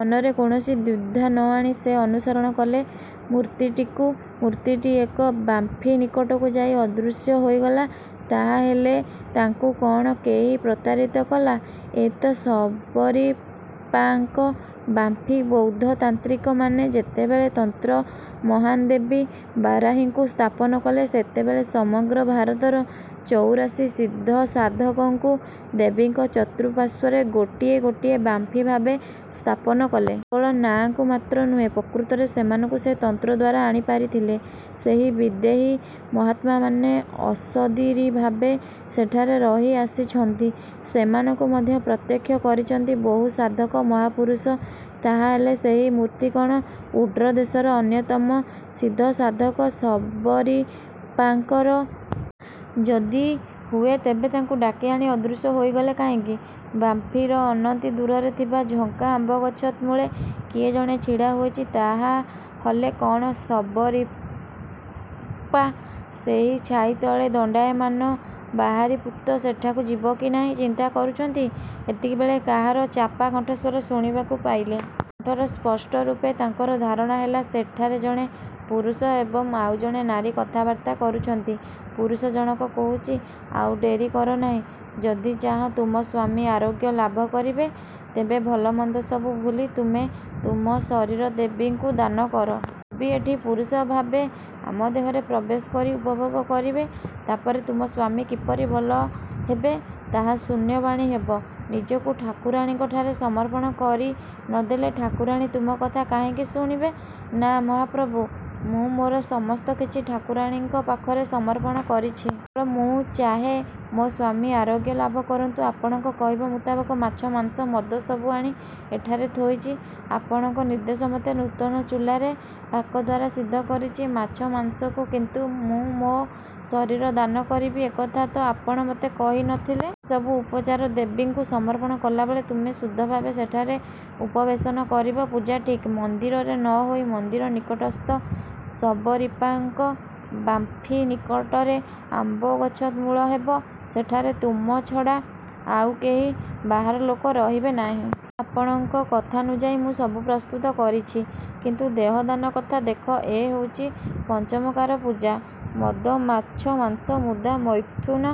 ମନରେ କୌଣସି ଦ୍ୱିଧା ନ ଆଣି ସେ ଅନୁସରଣ କଲେ ମୂର୍ତ୍ତିଟିକୁ। ମୂର୍ତ୍ତିଟି ଏକ ବାମ୍ଫି ନିକଟକୁ ଯାଇ ଅଦୃଶ୍ୟ ହୋଇଗଲା। ତାହା ହେଲେ ତାଙ୍କୁ କ'ଣ କେହି ପ୍ରତାରିତ କଲା? ଏ ତ ଶବରୀପାଙ୍କ ବାମ୍ଫି। ବୌଦ୍ଧ ତାନ୍ତ୍ରିକମାନେ ଯେତେବେଳେ ତନ୍ତ୍ରର ମହାନ୍ ଦେବୀ ବାରାହୀଙ୍କୁ ସ୍ଥାପନା କଲେ, ସେତେବେଳେ ସମଗ୍ର ଭାରତର ଚଉରାଶି ସିଦ୍ଧସାଧକଙ୍କୁ ଦେବୀଙ୍କ ଚତୁଃପାର୍ଶ୍ୱରେ ଗୋଟିଏ ଗୋଟିଏ ବାମ୍ଫି ଭାବେ ସ୍ଥାପନ କଲେ। କେବଳ ନାଁକୁ ମାତ୍ର ନୁହେଁ ପ୍ରକୃତରେ ସେମାନଙ୍କୁ ସେ ତନ୍ତ୍ର ଦ୍ୱାରା ଆଣି ପାରିଥିଲେ। ସେହି ବିଦେହୀ ମହାତ୍ମାମାନେ ଅଶଦିରୀଭାବେ ସେଠାରେ ରହି ଆସିଛନ୍ତି। ସେମାନଙ୍କୁ ମଧ୍ୟ ପ୍ରତ୍ୟକ୍ଷ କରିଛନ୍ତି ବହୁ ସାଧକ, ମହାପୁରୁଷ। ତାହାହେଲେ ସେହି ମୂର୍ତ୍ତି କଣ ଉଡ଼୍ର ଦେଶର ଅନ୍ୟତମ ସିଦ୍ଧ ସାଦ୍ଧକ ଶବରୀପାଙ୍କର? ଯଦି ହୁଏ ତେବେ ତାଙ୍କୁ ଡାକି ଆଣି ଅଦୃଶ୍ୟହୋଇଗଲେ କାହିଁକି? ବାମ୍ପିର ଅନତି ଦୂରରେ ଥିବା ଝଙ୍କା ଆମ୍ବଗଛ ମୂଳେ କିଏ ଜଣେ ଛିଡ଼ା ହୋଇଛି। ତାହାହଲେ କଣ ଶବରୀପ୍ପା ସେହି ଛାଇତଳେ ଦଣ୍ଡାୟ ମାନ? ବାରାହୀପୁତ୍ତ ସେଠାକୁ ଯିବ କି ନାହିଁ ଚିନ୍ତା କରୁଛନ୍ତି, ଏତିକିବେଳେ କାହାର ଚାପା କଣ୍ଠସ୍ୱର ଶୁଣିବାକୁ ପାଇଲେ। କଣ୍ଠରୁ ସ୍ପଷ୍ଟ ରୂପେ ତାଙ୍କର ଧାରଣା ହେଲା ସେଠାରେ ଜଣେ ପୁରୁଷ ଏବଂ ଆଉ ଜଣେ ନାରୀ କଥାବାର୍ତ୍ତା କରୁଛନ୍ତି। ପୁରୁଷ ଜଣକ କହୁଛି, ଆଉ ଡେରି କର ନାହିଁ। ଯଦି ଚାହ ତୁମ ସ୍ୱାମୀ ଆରୋଗ୍ୟ ଲାଭ କରିବେ ତେବେ ଭଲ ମନ୍ଦ ସବୁ ଭୁଲି ତୁମେ ତୁମ ଶରୀର ଦେବୀଙ୍କୁ ଦାନ କର। ଦେବୀ ଏଠି ପୁରୁଷଭାବେ ଆମ ଦେହରେ ପ୍ରବେଶ କରି ଉପଭୋଗ କରିବେ। ତା ପରେ ତୁମ ସ୍ୱାମୀ କିପରି ଭଲହେବେ, ତାହା ଶୂନ୍ୟବାଣୀ ହେବ। ନିଜକୁ ଠାକୁରାଣୀଙ୍କ ଠାରେ ସମର୍ପଣ କରି ନ ଦେଲେ ଠାକରାଣୀ ତୁମ କଥା କାହିଁକି ଶୁଣିବେ? ନା ମହାପ୍ରଭୁ! ମୁଁ ମୋର ସମସ୍ତ କିଛି ଠାକୁରାଣୀଙ୍କ ପାଖରେ ସମର୍ପଣ କରିଛି। କେବଳ ମୁଁ ଚାହେ, ମୋ ସ୍ୱାମୀ ଆରୋଗ୍ୟ ଲାଭ କରନ୍ତୁ। ଆପଣଙ୍କ କହିବା ମୁତାବକ ମାଛ, ମାଂସ, ମଦ ସବୁ ଆଣି ଏଠାରେ ଥୋଇଛି। ଆପଣଙ୍କ ନିର୍ଦ୍ଦେଶମତେ ନୂତନ ଚୂଲାରେ ପାକ ଦ୍ୱାରା ସିଦ୍ଧ କରିଛି ମାଛ, ମାଂସକୁ। କିନ୍ତୁ ମୁଁ ମୋ ଶରୀର ଦାନ କରିବି ଏକଥା ତ ଆପଣ ମୋତେ କହି ନ ଥିଲେ! ଏ ସବୁ ଉପଚାର ଦେବୀଙ୍କୁ ସମର୍ପଣ କଲାବେଳେ ତୁମେ ଶୁଦ୍ଧଭାବେ ସେଠାରେ ଉପବେସନ କରିବ। ପୂଜା ଠିକ୍ ମନ୍ଦିରରେ ନ ହୋଇ ମନ୍ଦିର ନିକଟସ୍ଥ ଶବରୀପାଙ୍କ ବାମ୍ଫି ନିକଟରେ ଆମ୍ୱଗଛ ମୂଳେ ହେବ। ସେଠାରେ ତୁମ ଛଡ଼ା। ଆଉ କେହି ବାହାରର ଲୋକ ରହିବେ ନାହିଁ। ଠିକ୍ ଆପଣଙ୍କ କଥାନୁଯାୟୀ ମୁଁ ସବୁ ପ୍ରସ୍ତୁତ କରିଛି। କିନ୍ତୁ ଦେହ ଦାନ କଥା- ଦେଖ ଏ ହେଉଛି ପଞ୍ଚମକାର ପୂଜା। ମଦ, ମାଛ, ମାଂସ, ମୁଦ୍ରା, ମୈଥୁନ,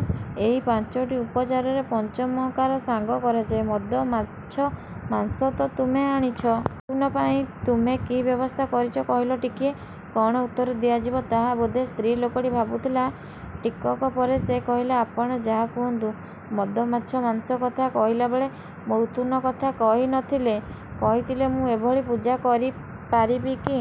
ଏହି ପାଞ୍ଚଟି ଉପଚାରରେ ପଞ୍ଚମକାର ସାଙ୍ଗ କରାଯାଏ। ମଦ, ମାଛ, ମାଂସ ତ, ତୁମେ ଆଣିଛ। ମୈଥୁନ ପାଇଁ ତୁମେ କି ବ୍ୟବସ୍ଥା କରିଛ କହିଲ ଟିକିଏ? କଣ ଉତ୍ତର ଦିଆଯିବ ତାହା ବୋଧେ ସ୍ତ୍ରୀ ଲୋକଟି ଭାବୁଥିଲା। ଟିକକ ପରେ ସେ କହିଲା, ଆପଣ ଯାହା କୁହନ୍ତୁ ମଦ, ମାଛ, ମାଂସ କଥା କହିଲାବେଳେ ମୈଥୁନ କଥା କହି ନ ଥିଲେ। କହିଥିଲେ ମୁଁ ଏଭଳି ପୂଜା କରି ପାରିବି କି